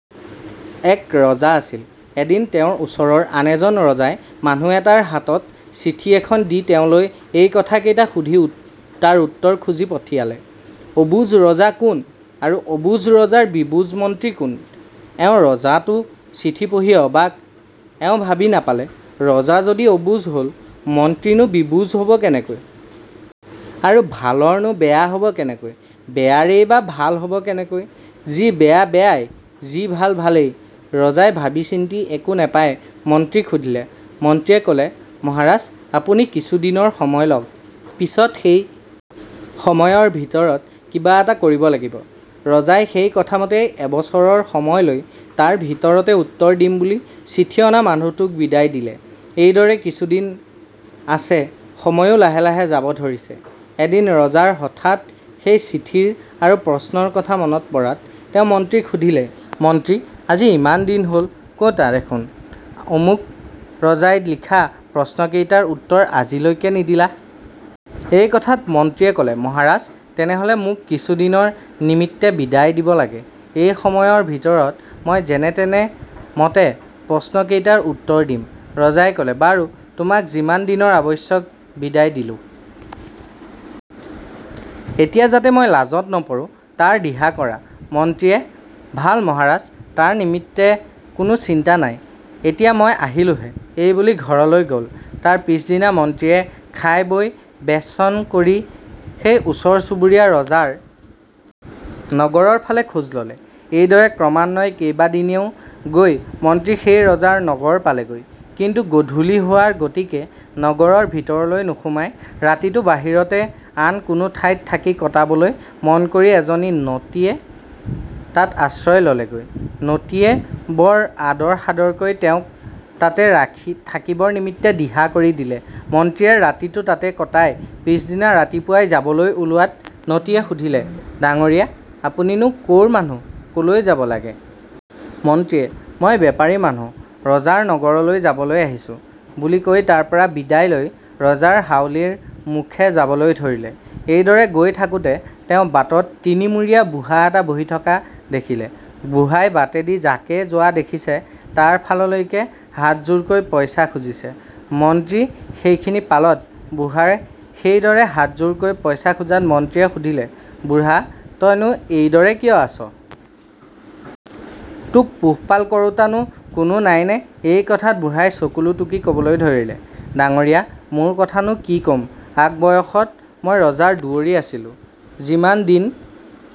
এক ৰজা আছিল৷ এদিন তেওঁৰ ওচৰৰ আন এজন ৰজাই মানুহ এতাৰ হাতত চিঠি এখন দি তেওঁলৈ এই কথা কেইটা সুধি তাৰ উত্তৰ খুজি পঠিয়ালে,-"অবুজ ৰজা কোন? আৰু অবুজ ৰজাৰ বিবুজ মন্ত্ৰী কোন? " এওঁ ৰজা তো চিঠি পঢ়ি অবাক৷ এওঁ ভাবি নাপালে,-ৰজা যদি অবুজ হ'ল, মন্ত্ৰীনো বিবুজ হ'ব কেনেকৈ? আৰু ভালৰ নো বেয়া হ'ব কেনেকৈ? বেয়াৰেই বা ভাল হ'ব কেনেকৈ? যি বেয়া বেয়াই; যি ভাল ভালেই৷ ৰজাই ভাবি-চিন্তি একো নেপাই মন্ত্ৰীক সুধিলে৷ মন্ত্ৰীয়ে ক'লে "মহাৰাজ, আপুনি কিছু দিনৰ সময় লওক; পিছত সেই সময়ৰ ভিতৰত কিবা এটা কৰিব লাগিব৷" ৰজাই সেই কথামতেই এবছৰৰ সময় লৈ তাৰ ভিতৰতে উত্তৰ দিম বুলি চিঠি অনা মানুহটোক বিদায় দিলে৷ এইদৰে কিছুদিন আছে, সময়ো লাহে লাহে যাব ধৰিছে৷ এদিন ৰজাৰ হঠাৎ সেই চিঠিৰ আৰু প্ৰশ্নৰ কথা মনত পৰাত তেওঁ মন্ত্ৰীক সুধিলে-"মন্ত্ৰী, আজি ইমান দিন হ'ল, ক'তা দেখোন অমুক ৰজাই লিখা প্ৰশ্নকেইটাৰ উত্তৰ আজিলৈকে নিদিলা? " এই কথাত মন্ত্ৰীয়ে ক'লে, "মহাৰাজ৷ তেনেহলে মোক কিছু দিনৰ নিমিত্তে বিদায় দিব লাগে৷ এই সময়ৰ ভিতৰত মই যেনেতেনে মতে প্ৰশ্ন কেইটাৰ উত্তৰ দিম৷" ৰজাই ক'লে, "বাৰু তোমাক যিমান দিনৰ আৱশ্যক বিদায় দিলোঁ; এতিয়া যাতে মই লাজত নপৰোঁ তাৰ দিহা কৰাঁ৷" মন্ত্ৰীয়ে "ভাল মহাৰাজ, তাৰ নিমিত্তে কোনো চিন্তা নাই, এতিয়া মই আহিলোঁহে" এই বুলি ঘৰলৈ গ'ল৷ তাৰ পিছদিনা মন্ত্ৰীয়ে খাই-বৈ বেশচন কৰি, সেই ওচৰ চুবুৰীয়া ৰজাৰ নগৰৰ ফালে খোজ ললে৷ এইদৰে ক্ৰমান্বয়ে কেইবাদিনেও গৈ মন্ত্ৰী সেই ৰজাৰ নগৰ পালেগৈ, কিন্তু গধূলি হোৱাৰ গতিকে নগৰৰ ভিতৰলৈ নোসোমাই ৰাতিটো বাহিৰতে আন কোনো ঠাইত থাকি কটাবলৈ মন কৰি এজনী নটীয়ে তাত আশ্ৰয় ললেগৈ৷ নটীয়ে বৰ আদৰ-সাদৰকৈ তেওঁক তাতে থাকিবৰ নিমিত্তে দিহা কৰি দিলে৷ মন্ত্ৰীয়ে ৰাতিটো তাতে কটাই পিছ দিনা ৰাতিপুৱাই যাবলৈ ওলোৱাত নটীয়ে সুধিলে, "ডাঙৰীয়া, আপুনি নো ক'ৰ মানুহ ক'লৈ যাব লাগে? " মন্ত্ৰীয়ে "মই বেপাৰী মানুহ; ৰজাৰ নগৰলৈ যাবলৈ আহিছোঁ" বুলি কৈ তাৰপৰা বিদায় লৈ ৰজাৰ হাউলীৰ মুখে যাবলৈ ধৰিলে৷ এইদৰে গৈ থাকোঁতে তেওঁ বাটত তিনি-মূৰীয়া বুঢ়া এটা বহি থকা দেখিলে৷ বুঢ়াই বাটেদি যাকে যোৱা দেখিছে তাৰ ফাললৈকে হাতজোৰকৈ পইচা খুজিছে৷ মন্ত্ৰী সেইখিনি পালতে, বুঢ়াই সেইদৰে হাতজোৰকৈ পইচা খোজাত, মন্ত্ৰীয়ে সুধিলে, "বুঢ়া, তই নো এইদৰে কিয় আছ? তোক পোহপাল কৰোঁতা নো কোনো নাইনে? " এই কথাত বুঢ়াই চকুলো টুকি ক'বলৈ ধৰিলে,-"ডাঙৰীয়া মোৰ কথা নো কি ক'ম; আগ বয়সত মই ৰজাৰ দুৱৰী আছিলোঁ৷ যিমান দিন